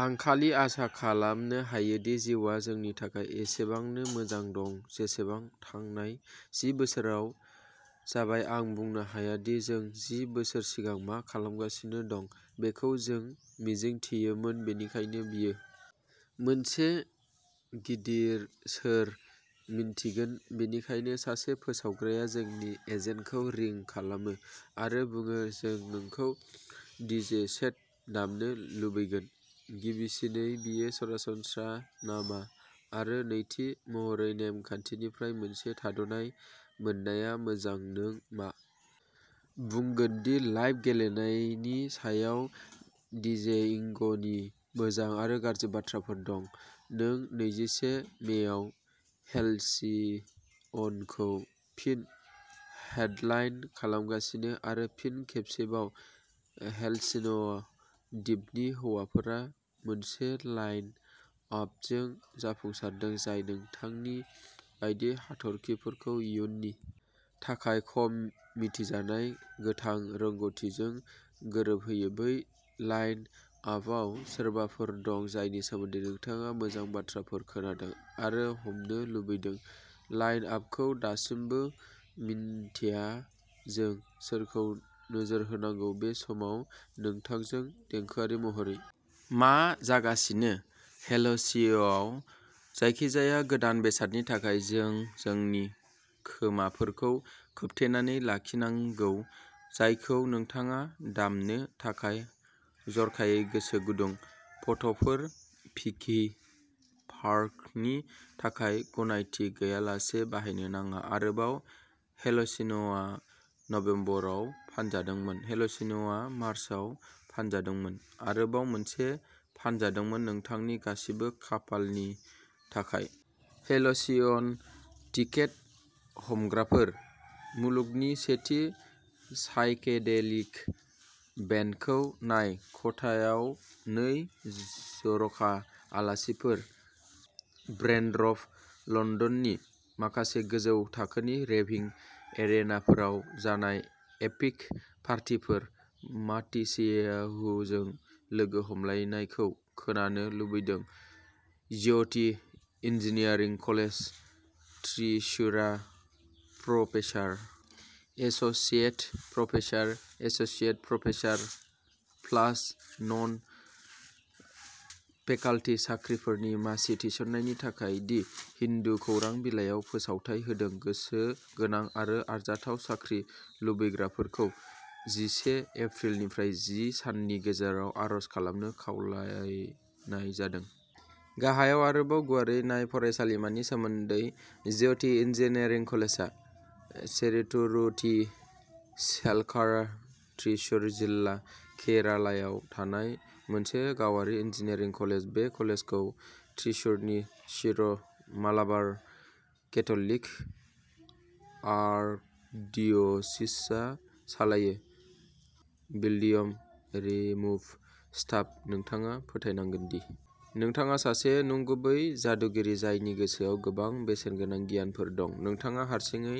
आं खालि आसा खालामनो हायो दि जिउआ जोंनि थाखाय एसेबांनो मोजां दं जेसेबां थांनाय जि बोसोराव जाबाय आं बुंनो हाया दि जों जि बोसोर सिगां मा खालामगासिनो दं बेखौ जों मिजिंथियोमोन बेनिखायनो बेयो मोनसे गिदिर'सोर मिन्थिगोन बेनिखायनो सासे फोसावग्राया नोंनि एजेन्टखौ रिं खालामो आरो बुङो जों नोंखौ डीजे सेट दामनो लुबैगोन गिबिसिनै बेयो सरासनस्रा नामा आरो नैथि महरै नेम खान्थिनिफ्राय मोनसे थाद'नाय मोननाया मोजां नों मा बुंगोन दि लाइभ गेलेनायनि सायाव डीजेइंगनि मोजां आरो गाज्रि बाथ्राफोर दं नों नैजिसे मेआव हेलसिअनखौ फिन हेडलाइन खालामगासिनो आरो फिन खेबसेबाव हेलसिअन दिपनि हौवाफोरा मोनसे लाइन आपजों जाफुंसारदों जाय नोंथांनि बायदि हाथरखिफोरखौ इयुननि थाखाय खम मिथिजानाय गोथां रोंग'थिजों गोरोबहोयो बै लाइन आपआव सोरबाफोर दं जायनि सोमोन्दै नोंथाङा मोजां बाथ्राफोर खोनादों आरो हमनो लुबैदों लाइन आपखौ दासिमबो मिन्थिया जों सोरखौ नोजोर होनांगौ बे समाव नोंथांजों देंखोआरि महरै मा जागासिनो हेलसिअनआव जायखिजाया गोदान बेसादनि थाखाय जों जोंनि खोमाफोरखौ खोबथेनानै लाखिनांगौ जायखौ नोंथाङा दामनो थाखाय जर'खायै गोसो गुदुं फट'फोर भिकि पार्कारनि थाखाय गनायथि गैयालासे बाहायनो नाङा आरोबाव हेलसिअनआ नबेम्बराव फानजादोंमोन हेलसिअनआ मार्चआव फानजादोंमोन आरोबाव मोनसे फानजादोंमोन नोंथांनि गासिबो खाफालनि थाखाय! हेलसिअन टिकेट हमग्राफोर! मुलुगनि से थि साइकेडेलिक बेन्डखौ नाय खथायाव नै जर'खा आलासिफोर ब्रेन्ड्रप लन्दननि माखासे गोजौ थाखोनि रेभिं एरेनाफोराव जानाय एपिक पार्टीफोर माटिसियाहुजों लोगो हमलायनायखौ खोनानो लुबैदों ज्य'थि इन्जिनियारिं कलेज थ्रिसुरा professor associate professor assistant professor plus non faculty साख्रिफोरनि मासि थिसननायनि थाखाय दि हिन्दु खौरां बिलाइयाव फोसावथाइ होदों गोसो गोनां आरो आरजाथाव साख्रि लुबैग्राफोरखौ जिसे एप्रिल निफ्राय जि साननि गेजेराव आर'ज खालामनो खावलायनाय जादों गाहायाव आरोबाव गुवारै नाय फरायसालिमानि सोमोन्दै ज्य'ति इन्जिनियारिं कलेजआ चेरुतुरुथि चेलक्कारा थ्रिसुर जिल्ला केरालायाव थानाय मोनसे गावारि इन्जिनियारिं कलेज बे कलेजखौ थ्रिसुरनि सिर' मालाबार केथ'लिक आर्कडिअसिसआ सालायो बिल्डियम रिमुभ स्टाफ नोंथाङा फोथायनांगोन दि नोंथाङा सासे नंगुबै जादुगिरि जायनि गोसोआव गोबां बेसेनगोनां गियानफोर दं नोंथाङा हारसिङै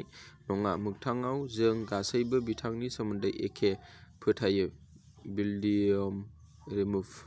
नङा मोगथाङाव जों गासैबो बिथांनि सोमोन्दै एखे फोथायो बिल्डियम रिमुभ